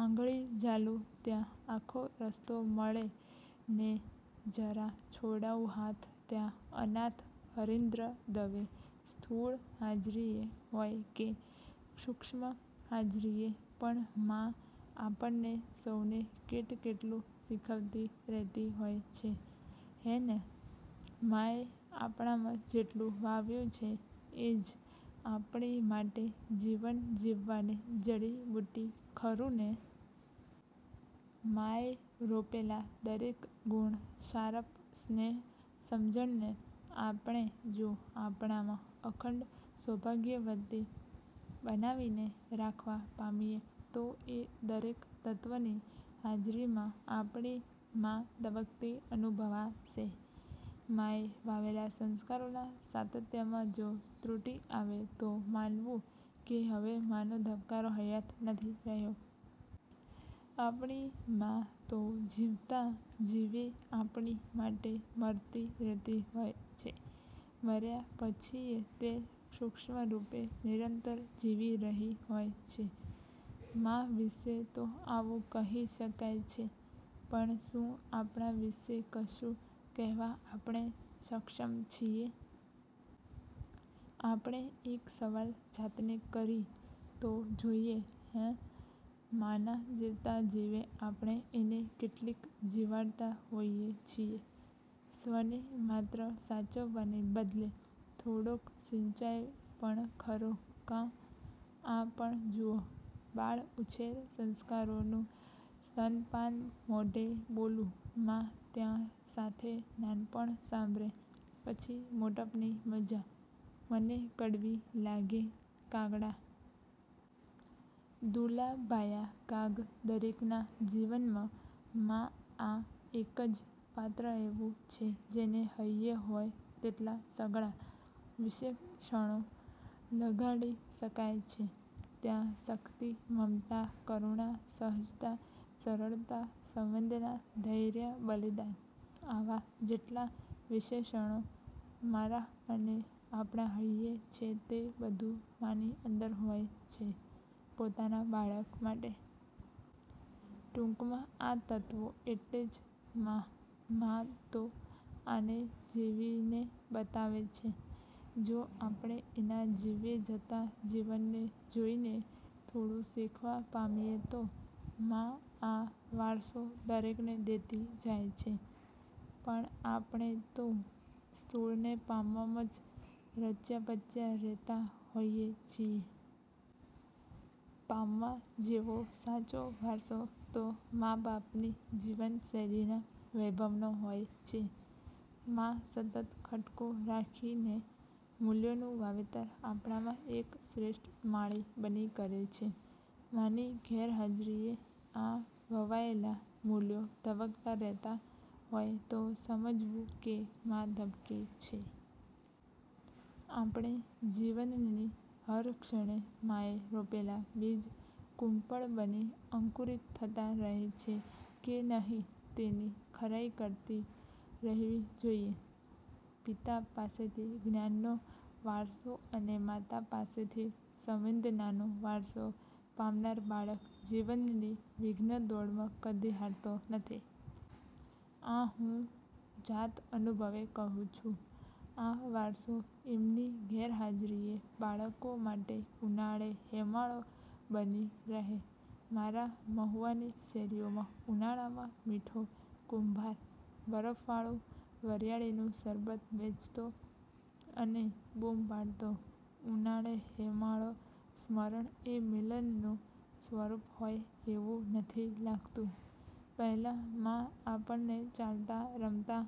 આંગળી ઝાલું ત્યાં આખો રસ્તો મળે, ને.. જરા છોડાવું હાથ ત્યાં અનાથ હરીન્દ્ર દવે સ્થૂળ હાજરીએ હોય કે સૂક્ષ્મ હાજરીએ પણ 'મા' આપણને સૌને કેટકેટલું શીખવતી રહેતી હોય છે હેં ને? મા એ આપણામાં જેટલું વાવ્યું છે એ જ આપણી માટે જીવન જીવવાની જડીબુટ્ટી, ખરું ને! મા એ રોપેલા દરેક ગુણ, સારપ, સ્નેહ, સમજણને આપણે જો આપણામાં અખંડ સૌભાગ્યવતી બનાવીને રાખવા પામીએ તો એ દરેક તત્ત્વની હાજરીમાં આપણી ' મા' ધબકતી અનુભવાશે. માએ વાવેલા સંસ્કારોનાં સાતત્યમાં જો ત્રુટી આવે તો માનવું કે હવે માનો ધબકારો હયાત નથી રહ્યો. આપણી મા તો જીવતાં જીવેય આપણી માટે મરતી રે'તી હોય છે. મર્યા પછીય તે સૂક્ષ્મરૂપે નિરંતર જીવી રહી હોય છે. મા વિષે તો આવું કહી શકાય છે પણ શું આપણા વિષે કશું કહેવા આપણે સક્ષમ છીએ? આપણે એક સવાલ જાતને કરી તો જોઈએ. હેં! માના જીવતાં જીવે આપણે એને કેટલીક જીવાડતાં હોઈએ છીએ? સ્વને માત્ર સાચવવાને બદલે થોડોક સિંચાય પણ ખરો કાં! આ પણ જુઓ: બાળ ઉછેર: સંસ્કારોનું સ્તનપાન મોઢે બોલું મા, ત્યાં સાથે નાનપણ સાંભરે, પછી મોટપની મજા, મને કડવી લાગે કાગડા! દુલા ભાયા કાગ દરેકનાં જીવનમાં 'મા'આ એક જ પાત્ર એવું છે જેને હૈયે હોય તેટલા સઘળાં વિશેષણો લગાડી શકાય છે. ત્યાગ, શક્તિ, મમતા, કરુણા, સહજતા, સરળતા, સંવેદના, ધૈર્ય, બલિદાન આવાં જેટલાં વિશેષણો મારા અને આપના હૈયે છે તે બધું માની અંદર હોય છે પોતાના બાળક માટે. ટૂંકમાં આ તત્ત્વો એટલે જ 'મા'. મા તો આને જીવીને બતાવે છે જો આપણે એનાં જીવ્યે જતાં જીવનને જોઈને થોડું શીખવા પામીએ તો! મા આ વારસો દરેકને દેતી જાય છે પણ આપણે તો સ્થૂળને પામવામાં જ રચ્યા-પચ્યા રે'તા હોઈએ છીએ. પામવા જેવો સાચો વારસો તો મા-બાપની જીવનશૈલીનાં વૈભવનો હોય છે. મા સતત ખટકો રાખીને મૂલ્યોનું વાવેતર આપણામાં એક શ્રેષ્ઠ માળી બની કરે છે. માની ગેરહાજરીએ આ વવાયેલા મૂલ્યો ધબકતા રે'તા હોય તો સમજવું કે મા ધબકે છે. આપણે જીવનની હર ક્ષણે માએ રોપેલા બીજ કુંપળ બની અંકુરિત થતા રહે છે કે નહી તેની ખરાઈ કરતી રહેવી જોઈએ. પિતા પાસેથી જ્ઞાનનો વારસો અને માતા પાસેથી સંવેદનાનો વારસો પામનાર બાળક જીવનની વિઘ્નદોડમાં કદી હારતો નથી. આ હું જાત અનુભવે કહું છું. આ વારસો એમની ગેરહાજરીએ બાળકો માટે 'ઉનાળે હેમાળો' બની રહે. મારા મહુવાની શેરીઓમાં ઉનાળામાં 'મીઠો કુંભાર' બરફવાળું વરિયાળીનું શરબત વેચતો અને બૂમ પાડતો..ઉનાળે હેમાળો.. સ્મરણ એ મિલનનું સ્વરૂપ હોય એવું નથી લાગતું? પહેલા મા આપણને ચાલતા, રમતા,